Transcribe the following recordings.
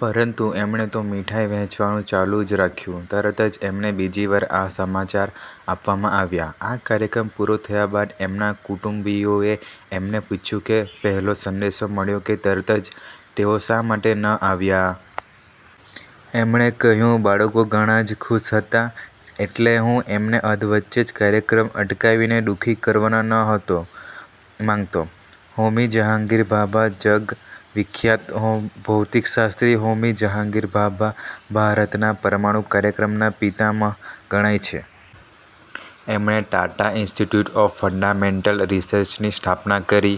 પરંતુ એમણે તો મીઠાઈ વહેંચવાનું ચાલુ જ રાખ્યું. તરત જ એમને બીજી વાર આ સમાચાર આપવામાં આવ્યા. આ કાર્યક્રમ પૂરો થયા બાદ એમના કુટુંબીઓએ એમને પૂછ્યું કે પહેલો સંદેશો મળ્યો કે તરત જ તેઓ શા માટે ન આવ્યા? એમણે કહ્યું, "બાળકો ઘણા જ ખુશ હતા એટલે હું એમને અધવચ્ચે જ કાર્યક્રમ અટકાવીને દુઃખી કરવા નહોતો માંગતો. " હોમી જહાંગીર ભાભા જગ વિખ્યાત ભૌતિકશાસ્ત્રી હોમી જહાંગીર ભાભા ભારતના પરમાણુ કાર્યક્રમના પિતામહ ગણાય છે. એમણે ટાટા ઇન્સ્ટિટ્યૂટ ઓફ ફંડામેન્ટલ રિસર્ચની સ્થાપના કરી.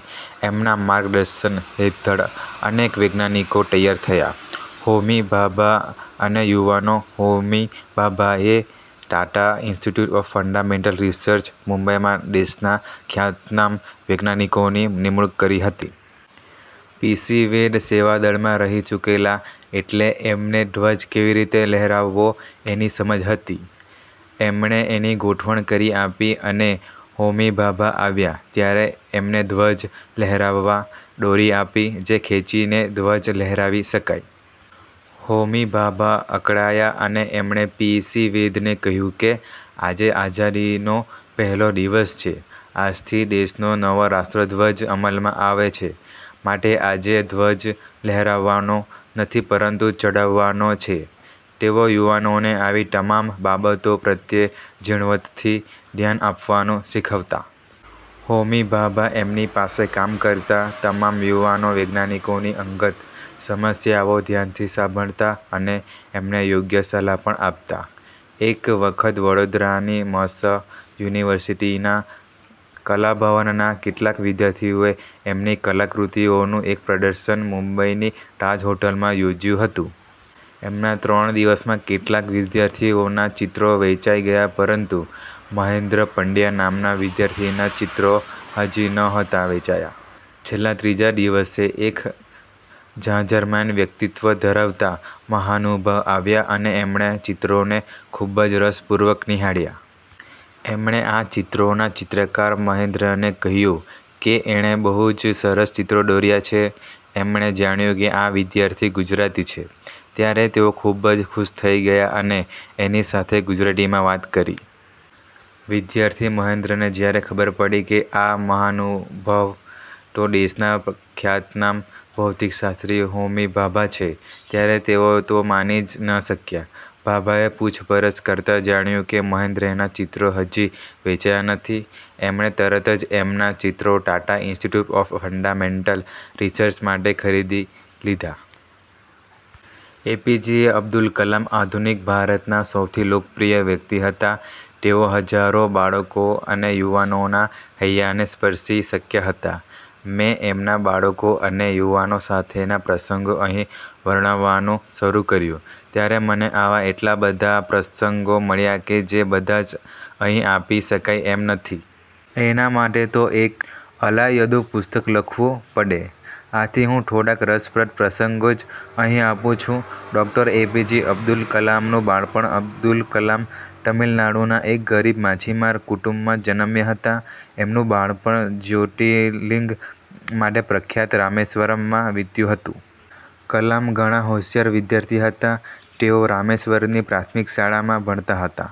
એમના માર્ગદર્શન હેઠળ અનેક વૈજ્ઞાનિકો તૈયાર થયા. હોમી ભાભા અને યુવાનો હોમી ભાભાએ Tata institute of fundamental research, મુંબઈમાં દેશના ખ્યાતનામ વૈજ્ઞાનિકોની નિમણુંક કરી હતી. પી. સી. વૈદ્ય સેવાદળમાં રહી ચૂકેલા એટલે એમને ધ્વજ કેવી રીતે લહેરાવવો એની સમજ હતી. એમણે એની ગોઠવણ કરી આપી અને હોમી ભાભા આવ્યા ત્યારે એમને ધ્વજ લહેરાવવા દોરી આપી જે ખેંચીને ધ્વજ લહેરાવી શકાય. હોમી ભાભા અકળાયા અને એમણે પી. સી. વૈદ્યને કહ્યું કે, "આજે આઝાદીનો પહેલો દિવસ છે. આજથી દેશનો નવો રાષ્ટ્રધ્વજ અમલમાં આવે છે. માટે આજે ધ્વજ લહેરાવવાનો નથી પરંતુ ચઢાવવાનો છે. " તેઓ યુવાનોને આવી તમામ બાબતો પ્રત્યે ઝીણવટથી ધ્યાન આપવાનું શીખવતા. હોમી ભાભા એમની પાસે કામ કરતા તમામ યુવાન વૈજ્ઞાનિકોની અંગત સમસ્યાઓ ધ્યાનથી સાંભળતા અને એમને યોગ્ય સલાહ પણ આપતા. એક વખત વડોદરાની મ. સ. યુનિવર્સીટીના કલાભવનના કેટલાક વિદ્યાર્થીઓએ એમની કલાકૃતિઓનું એક પ્રદર્શન મુંબઈની તાજ હોટેલમાં યોજ્યું હતું. એમાં ત્રણ દિવસમાં કેટલાક વિદ્યાર્થીઓના ચિત્રો વેંચાઈ ગયા પરંતુ મહેન્દ્ર પંડયા નામના વિદ્યાર્થીના ચિત્રો હજી નહોતા વેંચાયા. છેલ્લા ત્રીજા દિવસે એક જાજરમાન વ્યક્તિત્વ ધરાવતા મહાનુભાવ આવ્યા અને એમણે ચિત્રોને ખુબ જ રસપૂર્વક નિહાળ્યા. એમણે આ ચિત્રોના ચિત્રકાર મહેન્દ્રને કહ્યું કે એણે બહુ જ સરસ ચિત્રો દોર્યા છે. એમણે જાણ્યું કે આ વિદ્યાર્થી ગુજરાતી છે ત્યારે તેઓ ખુબ જ ખુશ થઇ ગયા અને એની સાથે ગુજરાતીમાં વાત કરી. વિદ્યાર્થી મહેન્દ્રને જયારે ખબર પડી કે આ મહાનુભાવ તો દેશના ખ્યાતનામ ભૌતિકશાસ્ત્રી હોમી ભાભા છે ત્યારે તેઓ તો માની જ ન શક્યા. ભાભાએ પૂછપરછ કરતાં જાણ્યું કે મહેન્દ્રના ચિત્રો હજી વેંચાયા નથી. એમણે તરત જ એમના ચિત્રો Tata institute of fundamental research માટે ખરીદી લીધા. એપીજે અબ્દુલ કલામ આધુનિક ભારતના સૌથી લોકપ્રિય વ્યક્તિ હતા. તેઓ હજારો બાળકો અને યુવાનોના હૈયાને સ્પર્શી શક્યા હતા. મેં એમના બાળકો અને યુવાનો સાથેના પ્રસંગો અહીં વર્ણવવાનું શરુ કર્યું ત્યારે મને આવા એટલા બધા પ્રસંગો મળ્યા કે જે બધા જ અહીં આપી શકાય એમ નથી. એના માટે તો એક અલાયદું પુસ્તક લખવું પડે! આથી હું થોડાક રસપ્રદ પ્રસંગો જ અહીં આપું છું. ડૉ. એપીજે અબ્દુલ કલામનું બાળપણ અબ્દુલ કલામ તામિલનાડુના એક ગરીબ માછીમાર કુટુંબમાં જનમ્યા હતા. એમનું બાળપણ જ્યોતિર્લિંગ માટે પ્રખ્યાત રામેશ્વરમમાં વીત્યું હતું. કલામ ઘણા હોશિયાર વિદ્યાર્થી હતા. તેઓ રામેશ્વરમની પ્રાથમિક શાળામાં ભણતા હતા.